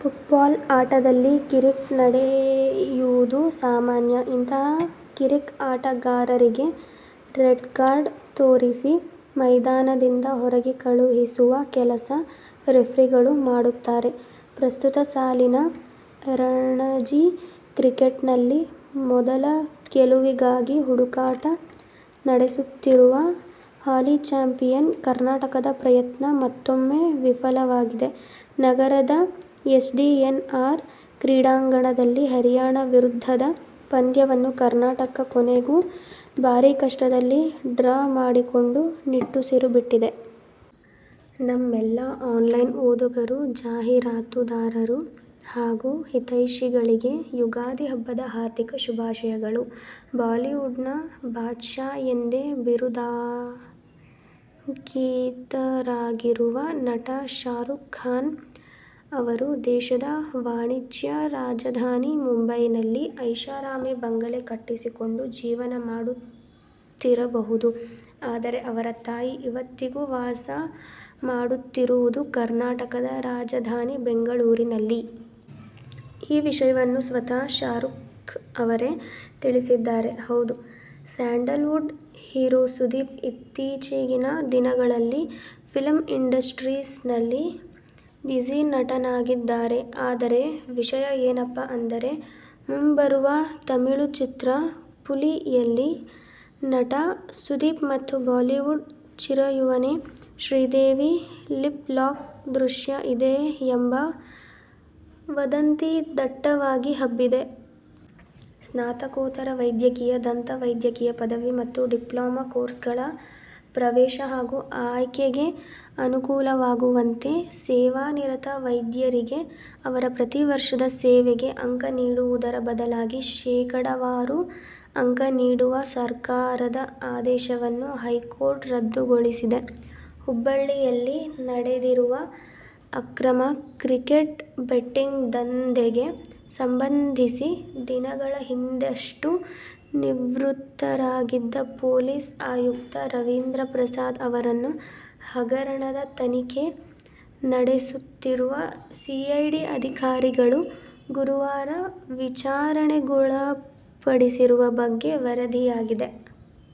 Football ಆಟದಲ್ಲಿ ಕಿರಿಕ್ ನಡೆಯುವುದು ಸಾಮಾನ್ಯ. ಇಂತಹ ಕಿರಿಕ್ ಆಟಗಾರರಿಗೆ ರೆಡ್ ಕಾರ್ಡ್ ತೋರಿಸಿ ಮೈದಾನದಿಂದ ಹೊರಗೆ ಕಳುಹಿಸುವ ಕೆಲಸ ರೆಫ್ರಿಗಳು ಮಾಡುತ್ತಾರೆ. ಪ್ರಸ್ತುತ ಸಾಲಿನ ರಣಜಿ ಕ್ರಿಕೆಟ್ನಲ್ಲಿ ಮೊದಲ ಗೆಲುವಿಗಾಗಿ ಹುಡುಕಾಟ ನಡೆಸುತ್ತಿರುವ ಹಾಲಿ ಚಾಂಪಿಯನ್ ಕರ್ನಾಟಕದ ಪ್ರಯತ್ನ ಮತ್ತೂಮ್ಮೆ ವಿಫಲವಾಗಿದೆ. ನಗರದ ಎಸ್ಡಿಎನ್ಆರ್ ಕ್ರೀಡಾಂಗಣದಲ್ಲಿ ಹರಿಯಾಣ ವಿರುದ್ಧದ ಪಂದ್ಯವನ್ನು ಕರ್ನಾಟಕ ಕೊನೆಗೂ ಬಾರೀ ಕಷ್ಟದಲ್ಲಿ ಡ್ರಾ ಮಾಡಿಕೊಂಡು ನಿಟ್ಟುಸಿರು ಬಿಟ್ಟಿದೆ. ನಮ್ಮೆಲ್ಲಾ ಆನ್ಲೈನ್ ಓದುಗರು, ಜಾಹೀರಾತುದಾರರು ಹಾಗೂ ಹಿತೈಷಿಗಳಿಗೆ ಯುಗಾದಿ ಹಬ್ಬದ ಹಾರ್ದಿಕ ಶುಭಾಶಯಗಳು. ಬಾಲಿವುಡ್ನ ಬಾದ್ ಶಾ ಎಂದೇ ಬಿರುದಾಂಕಿತರಾಗಿರುವ ನಟ ಶಾರುಖ್ ಖಾನ್ ಅವರು ದೇಶದ ವಾಣಿಜ್ಯ ರಾಜಧಾನಿ ಮುಂಬೈನಲ್ಲಿ ಐಷಾರಾಮಿ ಬಂಗಲೆ ಕಟ್ಟಿಸಿಕೊಂಡು ಜೀವನ ಮಾಡುತ್ತಿರಬಹುದು. ಆದರೆ ಅವರ ತಾಯಿ ಇವತ್ತಿಗೂ ವಾಸ ಮಾಡುತ್ತಿರುವುದು ಕರ್ನಾಟಕದ ರಾಜಧಾನಿ ಬೆಂಗಳೂರಿನಲ್ಲಿ! ಈ ವಿಷಯವನ್ನು ಸ್ವತಃ ಶಾರುಖ್ ಅವರೇ ತಿಳಿಸಿದ್ದಾರೆ. ಹೌದು ಸ್ಯಾಂಡಲ್ ವುಡ್ ಹೀರೋ ಸುದೀಪ್ ಇತ್ತೀಚೆಗಿನ ದಿನಗಳಲ್ಲಿ ಫಿಲ್ಮ್ ಇಂಡಸ್ಟ್ರೀಸ್ ನಲ್ಲಿ ಬ್ಯುಸಿ ನಟನಾಗಿದ್ದಾರೆ. ಆದರೆ ವಿಷಯ ಏನಪ್ಪಾ ಅಂದರೆ ಮುಂಬರುವ ತಮಿಳು ಚಿತ್ರ ಪುಲಿಯಲ್ಲಿ ನಟ ಸುದೀಪ್ ಮತ್ತು ಬಾಲಿವುಡ್ ಚಿರಯೌವನೆ ಶ್ರೀದೇವಿ ಲಿಪ್ ಲಾಕ್ ದೃಶ್ಯ ಇದೆ ಎಂಬ ವದಂತಿ ದಟ್ಟವಾಗಿ ಹಬ್ಬಿದೆ. ಸ್ನಾತಕೋತ್ತರ ವೈದ್ಯಕೀಯ, ದಂತ ವೈದ್ಯಕೀಯ ಪದವಿ ಮತ್ತು ಡಿಪ್ಲೊಮಾ ಕೋರ್ಸ್ಗಳ ಪ್ರವೇಶ ಹಾಗೂ ಆಯ್ಕೆಗೆ ಅನುಕೂಲವಾಗುವಂತೆ ಸೇವಾನಿರತ ವೈದ್ಯರಿಗೆ ಅವರ ಪ್ರತಿ ವರ್ಷದ ಸೇವೆಗೆ ಅಂಕ ನೀಡುವುದರ ಬದಲಾಗಿ ಶೇಕಡಾವಾರು ಅಂಕ ನೀಡುವ ಸರ್ಕಾರದ ಆದೇಶವನ್ನು ಹೈಕೋರ್ಟ್ ರದ್ದುಗೊಳಿಸಿದೆ. ಹುಬ್ಬಳ್ಳಿಯಲ್ಲಿ ನಡೆದಿರುವ ಅಕ್ರಮ ಕ್ರಿಕೆಟ್ ಬೆಟ್ಟಿಂಗ್ ದಂಧೆಗೆ ಸಂಬಂಧಿಸಿ ದಿನಗಳ ಹಿಂದಷ್ಟೆ ನಿವೃತ್ತರಾಗಿದ್ದ ಪೊಲೀಸ್ ಆಯುಕ್ತ ರವೀಂದ್ರ ಪ್ರಸಾದ್ ಅವರನ್ನು ಹಗರಣದ ತನಿಖೆ ನಡೆಸುತ್ತಿರುವ ಸಿಐಡಿ ಅಧಿಕಾರಿಗಳು ಗುರುವಾರ ವಿಚಾರಣೆಗೊಳಪಡಿಸಿರುವ ಬಗ್ಗೆ ವರದಿಯಾಗಿದೆ.